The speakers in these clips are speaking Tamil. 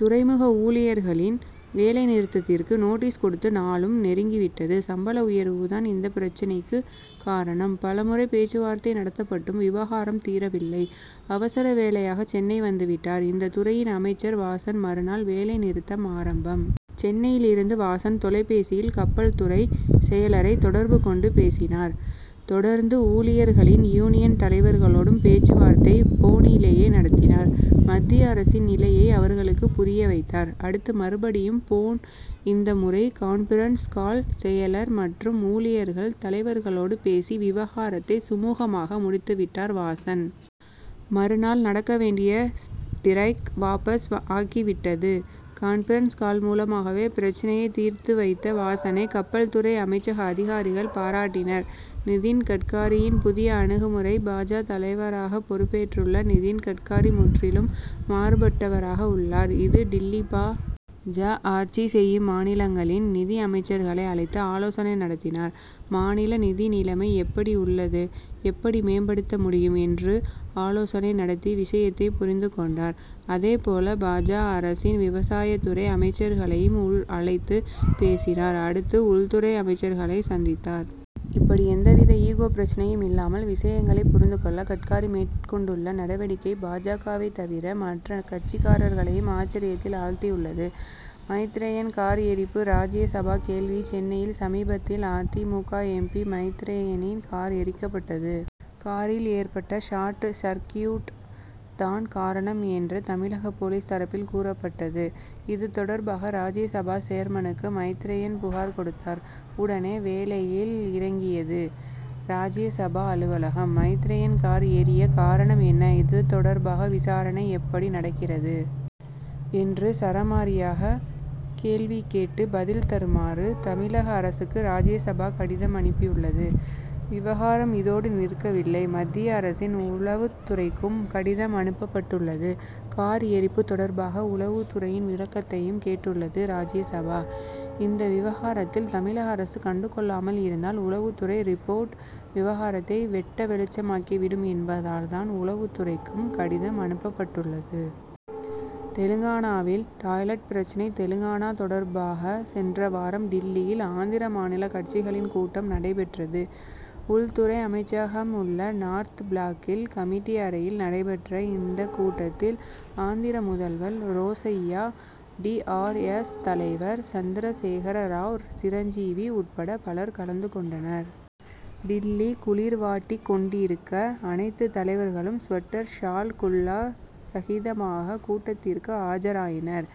துறைமுக ஊழியர்களின் வேலை நிறுத்தத்திற்கு நோட்டீஸ் கொடுத்து நாளும் நெருங்கி விட்டது. சம்பள உயர்வுதான் இந்த பிரச்னைக்குக் காரணம். பலமுறை பேச்சு வார்த்தை நடத்தப்பட்டும் விவகாரம் தீரவில்லை. அவசர வேலையாக சென்னை வந்து விட்டார் இந்த துறையின் அமைச்சர் வாசன். மறுநாள் வேலை நிறுத்தம் ஆரம்பம். சென்னையிலிருந்த வாசன், தொலைபேசியில் கப்பல்துறை செயலரை தொடர்பு கொண்டு பேசினார். தொடர்ந்து ஊழியர்களின் யூனியன் தலைவர்களோடும் பேச்சு வார்த்தை போனிலேயே நடத்தினார். மத்திய அரசின் நிலையை அவர்களுக்கு புரிய வைத்தார். அடுத்து மறுபடியும் போன், இந்த முறை கான்பிரன்ஸ் கால். செயலர் மற்றும் ஊழியர்கள் தலைவர்களோடு பேசி, விவகாரத்தை சுமுகமாக முடித்து விட்டார் வாசன். மறுநாள் நடக்க வேண்டிய ஸ்டிரைக் வாபஸ் ஆகிவிட்டது. 'கான்பிரன்ஸ் கால்' மூலமாகவே பிரச்னையை தீர்த்து வைத்த வாசனை கப்பல் துறை அமைச்சக அதிகாரிகள் பாராட்டினர். நிதின் கட்காரியின் புதிய அணுகுமுறை பா. ஜ., தலைவராக பொறுப்பேற்றுள்ள நிதின் கட்காரி, முற்றிலும் மாறுபட்டவராக உள்ளார். இது டில்லி பா. ஜ. ஆட்சி செய்யும் மாநிலங்களின் நிதி அமைச்சர்களை அழைத்து ஆலோசனை நடத்தினார். 'மாநில நிதி நிலைமை எப்படி உள்ளது? எப்படி மேம்படுத்த முடியும்? என்று ஆலோசனை நடத்தி விஷயத்தை புரிந்து கொண்டார். அதேபோல பா. ஜ., அரசின் விவசாயத் துறை அமைச்சர்களையும் அழைத்துப் பேசினார். அடுத்து உள்துறை அமைச்சர்களை சந்தித்தார். இப்படி எந்தவித ஈகோ பிரச்னையும் இல்லாமல் விஷயங்களைப் புரிந்துகொள்ள கட்காரி மேற்கொண்டுள்ள நடவடிக்கை பா. ஜ.க, வைத் தவிர மற்ற கட்சிக்காரர்களையும் ஆச்சரியத்தில் ஆழ்த்தியுள்ளது. மைத்ரேயன் கார் எரிப்பு ராஜ்ய சபா கேள்வி சென்னையில் சமீபத்தில் அ. தி. மு. க., எம். பி., மைத்ரேயனின் கார் எரிக்கப்பட்டது. காரில் ஏற்பட்ட ஷார்ட் சர்க்கியூட் தான் காரணம் என்று தமிழக போலீஸ் தரப்பில் கூறப்பட்டது. இது தொடர்பாக ராஜ்ய சபா சேர்மனுக்கு மைத்ரேயன் புகார் கொடுத்தார். உடனே வேலையில் இறங்கியது ராஜ்யசபா அலுவலகம். மைத்ரேயன் கார் எரிய காரணம் என்ன? இது தொடர்பாக விசாரணை எப்படி நடக்கிறது? என்று சரமாரியாகக் கேள்வி கேட்டு பதில் தருமாறு தமிழக அரசுக்கு ராஜ்யசபா கடிதம் அனுப்பியுள்ளது. விவகாரம் இதோடு நிற்கவில்லை. மத்திய அரசின் உளவுத்துறைக்கும் கடிதம் அனுப்பப் பட்டுள்ளது. கார் எரிப்பு தொடர்பாக உளவுத் துறையின் விளக்கத்தையும் கேட்டுள்ளது ராஜ்யசபா. இந்த விவகாரத்தில் தமிழக அரசு கண்டுகொள்ளாமல் இருந்தால் உளவுத்துறை ரிப்போர்ட் விவகாரத்தை வெட்ட வெளிச்சமாக்கிவிடும் என்பதால் தான் உளவுத்துறைக்கும் கடிதம் அனுப்பப்பட்டுள்ளது. தெலுங்கானாவில் டாய்லெட் பிரச்னை தெலுங்கானா தொடர்பாக சென்ற வாரம் டில்லியில் ஆந்திர மாநில கட்சிகளின் கூட்டம் நடைபெற்றது. உள்துறை அமைச்சகம் உள்ள நார்த் ப்ளாக்கில் கமிட்டி அறையில் நடைபெற்ற இந்தக் கூட்டத்தில், ஆந்திர முதல்வர் ரோசய்யா, டி. ஆர். எஸ்., தலைவர் சந்திரசேகர ராவ், சிரஞ்சீவி உட்பட பலர் கலந்துகொண்டனர். டில்லி குளிர் வாட்டிக் கொண்டிருக்க, அனைத்து தலைவர்களும் ஸ்வெட்டர், ஷால், குல்லா சகிதமாக கூட்டத்திற்கு ஆஜராயினர்.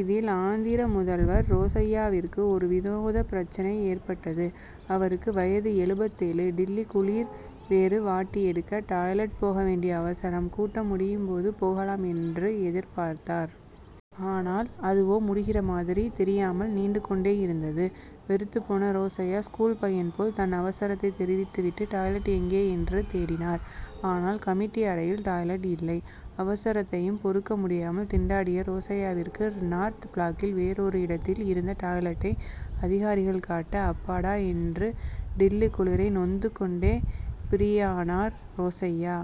இதில், ஆந்திர முதல்வர் ரோசய்யாவிற்கு ஒரு வினோத பிரச்னை ஏற்பட்டது. அவருக்கு வயது எழுபத்தேழு. டில்லி குளிர் வேறு வாட்டி எடுக்க, டாய்லெட் போக வேண்டிய அவசரம். கூட்டம் முடியும் போது போகலாம் என்று எதிர்பார்த்தார். ஆனால், அதுவோ முடிகிற மாதிரி தெரியாமல் நீண்டுகொண்டே இருந் தது. வெறுத்துப்போன ரோசய்யா, ஸ்கூல் பையன் போல தன் அவசரத்தை தெரிவித்துவிட்டு டாய்லெட் எங்கே என்று தேடினார். ஆனால், கமிட்டி அறையில் டாய்லெட் இல்லை. அவசரத்தைப் பொறுக்க முடியாமல் திண்டாடிய ரோசய்யாவிற்கு நார்த் ப்ளாக்கில் வேறொரு இடத்தில் இருந்த டாய்லெட்டை அதிகாரிகள் காட்ட, அப்பாடா என்று டில்லி குளிரை நொந்து கொண்டே ப்ரீயானார் ரோசய்யா.